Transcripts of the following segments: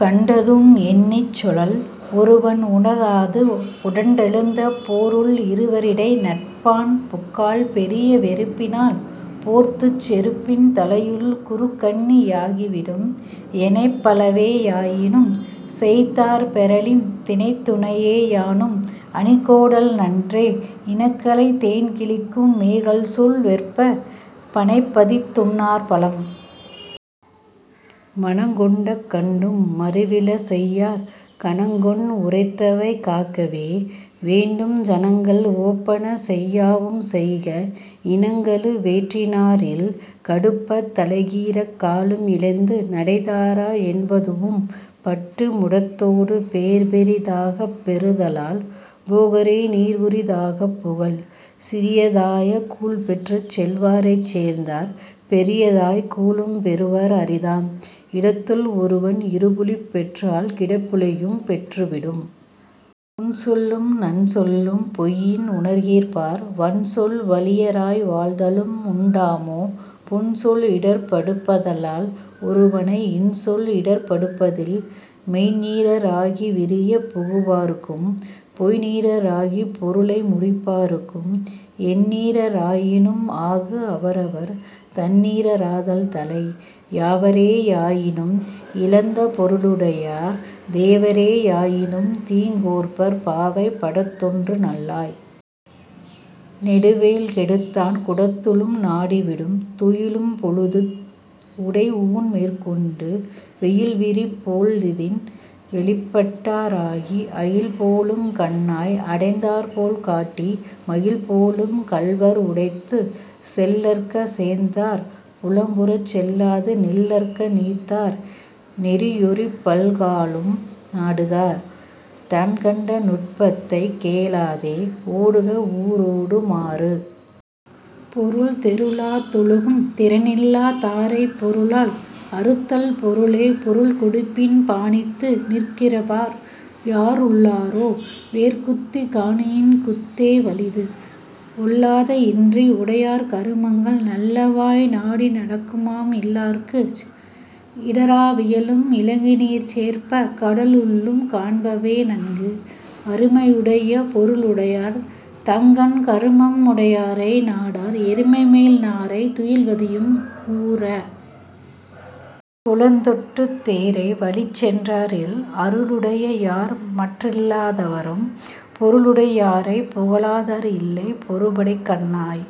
கண்டதூஉம் எண்ணிச் சொலல்'. ஒருவன் உணராது உடன்றெழுந்த போருள் இருவ ரிடைநட்பான் புக்கால் பெரிய வெறுப்பினால் போர்த்துச் செறுப்பின் 'தலையுள் குறுக்கண்ணி யாகி விடும்'. எனைப்பலவே யாயினும் சேய்த்தாற் பெறலின் தினைத்துணையே யானும் அணிக்கோடல் நன்றே இனக்கலை தேன்கிழிக்கும் மேகல்சூழ் வெற்ப! 'பனைப்பதித் உண்ணார் பழம்'. மனங்கொண்டக் கண்ணும் மருவில செய்யார் கனங்கொண் உரைத்தவை காக்கவே வேண்டும் சனங்கள் உவப்பன செய்யாவும் செய்க 'இனங்கழு வேற்றினார் இல்'. கடுப்பத் தலைக்கீறிக் காலும் இழந்து நடைத்தாரா என்பதூஉம் பட்டு முடத்தோடு பேர்பிறி தாகப் பெறுதலால் 'போகாரே நீர்குறி தாகப் புகல்'. சிறியதாய கூழ்பெற்றுச் செல்வரைச் சேர்ந்தார் பெரிதாய கூழும் பெறுவர் அரிதாம் 'இடத்துள் ஒருவன் இருப்புழிப் பெற்றால் கிடப்புழியும் பெற்று விடும்'. புன்சொல்லும் நன்சொல்லும் பொய்யின் உணர்கிற்பார் வன்சொல் வழியராய் வாழ்தலும் உண்டாமோ? புன்சொல் இடர்ப்படுப்ப தல்லால் ஒருவனை 'இன்சொல் இடர்ப்படுப்ப தில்'. மெய்ந்நீர ராகி விரியப் புகுவார்க்கும் பொய்ந்நீர ராகிப் பொருளை முடிப்பார்க்கும் எந்நீர ராயினும் ஆகு அவரவர் 'தந்நீர ராதல் தலை'. யாவரே யாயினும் இழந்த பொருளுடையார் தேவரே யாயினும் தீங்கோர்ப்பர் பாவை படத்தோன்று நல்லாய்! 'நெடுவேல் கெடுத்தான் குடத்துளும் நாடி விடும்'. துயிலும் பொழுதத் உடைஊண்மேற் கொண்டு வெயில்விரி போழ்தின் வெளிப்பட்டா ராகி அயில்போலுங் கண்ணாய்! அடைந்தார்போல் காட்டி 'மயில்போலும் கள்வர் உடைத்து'. செல்லற்க சேர்ந்தார் புலம்புறச் செல்லாது நில்லற்க நீத்தார் நெறியொரீப் பல்காலும் நாடுக தான்கண்ட நுட்பத்தைக் கேளாதே 'ஓடுக ஊரோடு மாறு'.. பொருள் தெருளா தொழுகும் திறனிலா தாரைப் பொருளால் அறுத்தல் பொருளே பொருள்கொடுப்பின் பாணித்து நிற்கிற்பார் யாருளரோ? 'வேற்குத்தின் காணியின் குத்தே வலிது'. ஒல்லாத இன்றி உடையார் கருமங்கள் நல்லவாய் நாடி நடக்குமாம் இல்லார்க்கு இடரா வியலும் இலங்குநீர்ச் சேர்ப்ப! 'கடலுள்ளும் காண்பவே நன்கு'. அருமை யுடைய பொருளுடையார் தங்கண் கருமம் உடையாரை நாடார் எருமைமேல் நாரை துயில்வதியும் ஊர! 'குளந்தொட்டுத் தேரை வழிச்சென்றார் இல்'. அருளுடை யாருமற் றல்லா தவரும் பொருளுடை யாரைப் புகழாதார் இல்லை பொருபடைக் கண்ணாய்!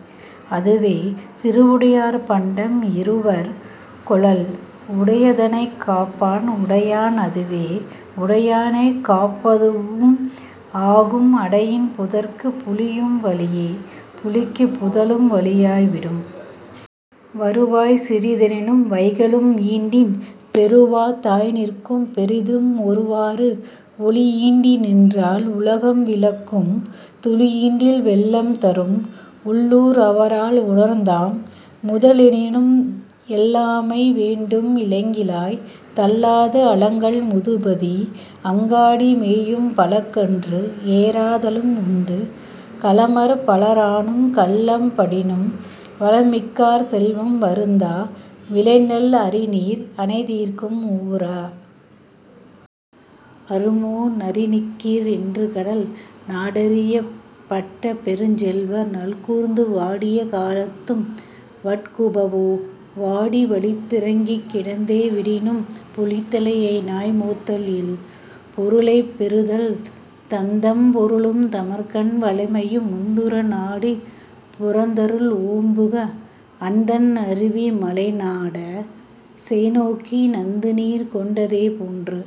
அதுவே 'திருவுடையார் பண்டம் இருவர் கொளல்'. உடையதனைக் காப்பான் உடையான் அதுவே உடையானைக் காப்பதூஉம் ஆகும் அடையின் 'புதற்குப் புலியும் வலியே புலிக்குப் புதலும் வலியாய் விடும்'. வருவாய் சிறிதெனினும் வைகலும் ஈண்டின் பெருவாய்த்தாய் நிற்கும் பெரிதும் ஒருவாறு ஒளியீண்டி நின்றால் உலகம் விளக்கும் 'துளியீண்டில் வெள்ளம் தரும்'. உள்ளூர் அவரால் உணர்ந்தாம் முதலெனினும் எள்ளாமை வேண்டும் இலங்கிழாய்! தள்ளாது அழுங்கல் முதுபதி 'அங்காடி மேயும் பழங்கன்று ஏறாதலும் உண்டு'. களமர் பலரானும் கள்ளம் படினும் வளமிக்கார் செல்வம் வருந்தா விளைநெல் அரிநீர் அணைதிறக்கும் ஊர! 'அறுமோ நரிநக்கிற் என்று கடல்'. நாடறியப் பட்ட பெருஞ்செல்வர் நல்கூர்ந்து வாடிய காலத்தும் வட்குபவோ! வாடி வலித்துத் திரங்கிக் கிடந்தே விடினும் 'புலித்தலையை நாய்மோத்தல் இல்'. பொருளைப் பெறுதல் தந்தம் பொருளும் தமர்கண் வளமையும் முந்துற நாடிப் புறந்தரல் ஓம்புக அந்தண் அருவி மலைநாட! சேணோக்கி 'நந்துநீர் கொண்டதே போன்று'.